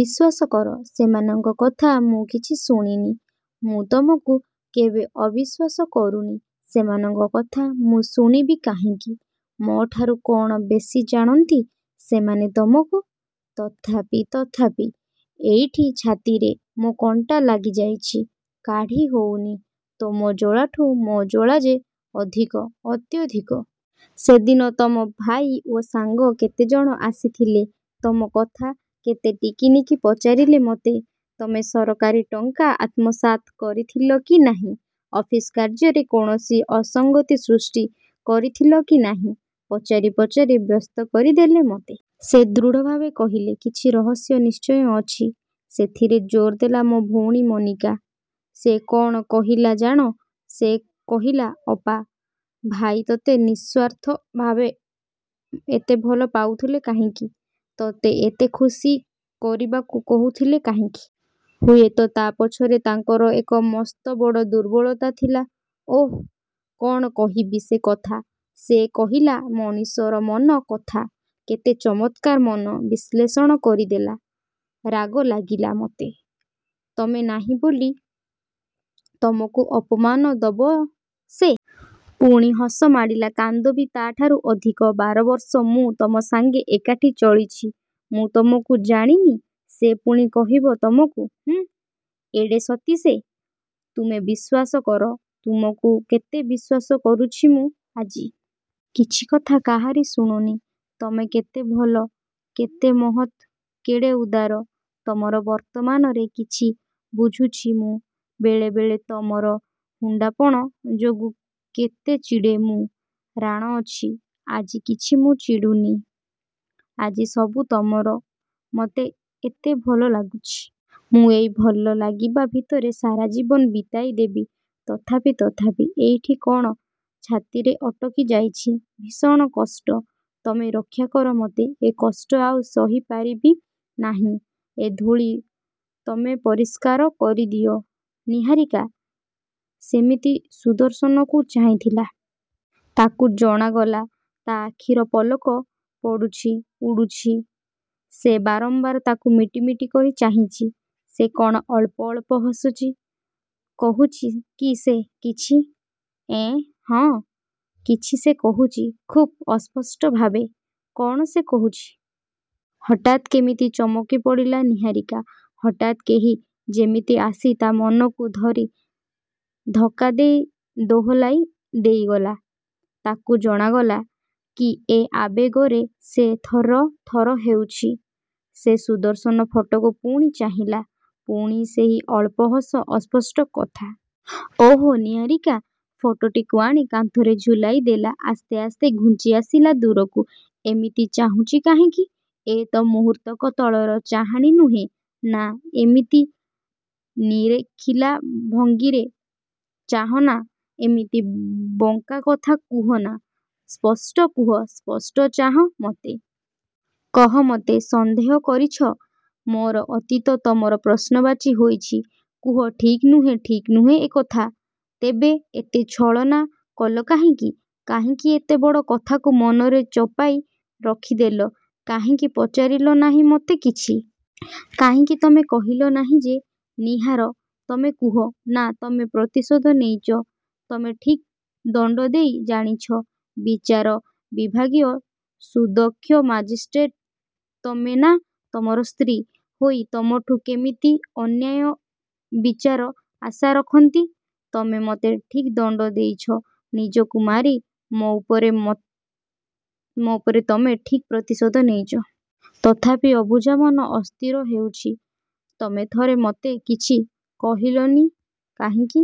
"ବିଶ୍ଵାସ କର, ସେମାନଙ୍କ କଥା ମୁଁ କିଛି ଶୁଣୁନି, ମୁଁ ତମକୁ କେବେ ଅବିଶ୍ଵାସ କରୁନି। ସେମାନଙ୍କ କଥା ମୁଁ ଶୁଣିବି କାହିଁକି? ମୋ'ଠାରୁ କ'ଣ ବେଶି ଜାଣନ୍ତି ସେମାନେ ତମକୁ? ତଥାପି ତଥାପି ଏଇଠି ଛାତିରେ ମୋ' କଣ୍ଟା ଲାଗିଯାଇଚି, କାଢ଼ି ହଉନି। ତମ ଜ୍ଵାଳାଠୁ ମୋ' ଜ୍ଵାଳା ଯେ ଅଧିକ, ଅତ୍ୟଧିକ।" "ସେଦିନ ତମ ଭାଇ ଓ ସାଙ୍ଗ କେତେ ଜଣ ଆସିଥିଲେ, ତମ କଥା କେତେ ଟିକି ନିଖି ପଚାରିଲେ ମତେ। ତମେ ସରକାରୀ ଟଙ୍କା ଆତ୍ମସାତ କରିଥିଲ କି ନାହିଁ, ଅଫିସ କାର୍ଯ୍ୟରେ କୌଣସି ଅସଂଗତି ସୃଷ୍ଟି କରିଥିଲ କି ନାହିଁ। ପଚାରି ପଚାରି ବ୍ୟସ୍ତ କରିଦେଲେ ମତେ। ସେ ଦୃଢ଼ଭାବେ କହିଲେ, କିଛି ରହସ୍ୟ ନିଶ୍ଚୟ ଅଛି।" "ସେଥିରେ ଜୋର ଦେଲା, ମୋ ଭଉଣୀ ମୋନିକା। ସେ କ'ଣ କହିଲା ଜାଣ? ସେ କହିଲା, 'ଅପା, ଭାଇ ତତେ ନିଃସ୍ଵାର୍ଥ ଭାବେ ଏତେ ଭଲପାଉଥିଲେ କାହିଁକି? ତତେ ଏତେ ସୁଖୀ କରିବାକୁ କହୁଥିଲେ କାହିଁକି? ହୁଏ ତ ତା' ପଛରେ ତାଙ୍କର ଏକ ମସ୍ତ ବଡ଼ ଦୁର୍ବଳତା ଥିଲା।' ଓଃ କ'ଣ କହିବି ସେ କଥା ସେ କହିଲା ମଣିଷର ମନ କଥା। କେତେ ଚମତ୍କାର ମନ ବିଶ୍ଳେଷଣ କରିଦେଲା। ରାଗ ଲାଗିଲା ମତେ, ତମେ ନାହିଁ ବୋଲି ତମକୁ ଅପମାନ ଦବ ସେ? ପୁଣି ହସ ମାଡ଼ିଲା କାନ୍ଦ ବି ତା' ଠାରୁ ଅଧିକ। ବାର ବର୍ଷ ମୁଁ ତମ ସାଙ୍ଗେ ଏକାଠି ଚଳିଚି, ମୁଁ ତମକୁ ଜାଣି ନି? ସେ ପୁଣି କହିବ ତମକୁ" "ହୁଁ, ଏଡ଼େ ସତୀ ସେ? ତୁମେ ବିଶ୍ୱାସ କର, ତମକୁ କେତେ ବିଶ୍ୱାସ କରୁଚି ମୁଁ ଆଜି। କିଛି କଥା କାହାରି ଶୁଣୁନି। ତମେ କେତେ ଭଲ, କେତେ ମହତ୍, କେଡ଼େ ଉଦାର! ତମର ବର୍ତ୍ତମାନରେ କିଛି ବୁଝୁଚି ମୁଁ। ବେଳେ ବେଳେ ତମର ହୁଣ୍ଡାପଣ ଯୋଗୁଁ କେତେ ଚିଡ଼େ ମୁଁ। ରାଣ ଅଛି, ଆଜି କିଛି ମୁଁ ଚିଡ଼ୁନି। ଆଜି ସବୁ ତମର ମତେ ଏତେ ଭଲଲାଗୁଚି। ମୁଁ ଏଇ ଭଲ ଲାଗିବା ଭିତରେ ସାରା ଜୀବନ ବିତାଇ ଦେବି।" "ତଥାପି ତଥାପି ଏଇଠି କ'ଣ ଛାତିରେ ଅଟକି ଯାଇଚି। ଭୀଷଣ କଷ୍ଟ, ତମେ ରକ୍ଷାକର ମତେ। ଏ କଷ୍ଟ ଆଉ ସହି ପାରିବି ନାଇଁ। ଏ ଧୂଳି ତମେ ପରିଷ୍କାର କରିଦିଅ।" ନିହାରିକା ସେମିତି ସୁଦର୍ଶନକୁ ଚାହିଁଥିଲା। ତାକୁ ଜଣାଗଲା, ତା' ଆଖିର ପଲକ ପଡ଼ୁଚି ଉଡୁଚି। ସେ ବାରମ୍ବାର ତାକୁ ମିଟି ମିଟି କରି ଚାହିଁଚି। ସେ କ'ଣ ଅଳ୍ପ ଅଳ୍ପ ହସୁଚି? କହୁଚି କି ସେ କିଛି? ଏଁ, ହଁ, କିଛି ସେ କହୁଚି। ଖୁବ୍ ଅସ୍ପଷ୍ଟ ଭାବେ। କ'ଣ ସେ କହୁଚି? ହଠାତ୍ କେମିତି ଚମକି ପଡ଼ିଲା ନିହାରିକା। ହଠାତ୍ କେହି ଯେମିତି ଆସି ତା' ମନକୁ ଧରି ଧକ୍କା ଦେଇ ଦୋହଲାଇ ଦେଇଗଲା। ତାକୁ ଜଣାଗଲା କି ଏ ଆବେଗରେ ସେ ଥର ଥର ହେଉଚି। ସେ ସୁଦର୍ଶନ ଫଟୋକୁ ପୁଣି ଚାହିଁଲା। ପୁଣି ସେହି ଅଳ୍ପ ହସ, ଅସ୍ପଷ୍ଟ କଥା। ଓଃ ନିହାରିକା ଫଟୋଟିକୁ ଆଣି କାନ୍ଥରେ ଝୁଲାଇ ଦେଲା। ଆସ୍ତେ ଆସ୍ତେ ଘୁଞ୍ଚିଆସିଲା ଦୂରକୁ। "ଏମିତି ଚାହୁଁଚି କାହିଁକି? ଏ ତ ମୁହୂର୍ତ୍ତକ ତଳର ଚାହାଣୀ ନୁହେଁ। ନାଁ, ଏମିତି ନିରେଖିଲା ଭଙ୍ଗୀରେ ଚାହଁ ନା, ଏମିତି ବଙ୍କା କଥା କୁହନା, ସ୍ପଷ୍ଟ କୁହ, ସ୍ପଷ୍ଟ ଚାହଁ ମତେ। କହ, ମତେ ସନ୍ଦେହ କରିଚ? ମୋର ଅତୀତ ତମର ପ୍ରଶ୍ନବାଚୀ ହୋଇଚି? କୁହ ଠିକ୍ ନୁହେଁ, ଠିକ୍ ନୁହେଁ ଏ କଥା? ତେବେ ଏତେ ଛଳନା କଲ କାହିଁକି? କାହିଁକି ଏତେ ବଡ଼ କଥାକୁ ମନରେ ଚପାଇ ରଖିଦେଲ? କାହିଁକି ପଚାରିଲ ନାହିଁ ମତେ କିଛି? କାହିଁକି ତମେ କହିଲ ନାହିଁ ଯେ, 'ନିହାର, ତମେ କୁହ'।""ନାଁ, ତମେ ପ୍ରତିଶୋଧ ନେଇଚ, ତମେ ଠିକ୍ ଦଣ୍ଡ ଦେଇ ଜାଣିଚ। ବିଚାର ବିଭାଗୀୟ ସୁଦକ୍ଷ ମାଜିଷ୍ଟ୍ରେଟ ତମେ ନା, ତମର ସ୍ତ୍ରୀ ହୋଇ ତମଠୁ କେମିତି ଅନ୍ୟାୟ ବିଚାର ଆଶା ରଖନ୍ତି? ତମେ ମତେ ଠିକ୍ ଦଣ୍ଡ ଦେଇଚ, ନିଜକୁ ମାରି ମୋ' ଉପରେ ତମେ ଠିକ୍ ପ୍ରତିଶୋଧ ନେଇଚ। ତଥାପି ଅବୁଝା ମନ ଅସ୍ଥିର ହେଉଚି, ତମେ ଥରେ ମତେ କିଛି କହିଲ ନି କାହିଁକି?"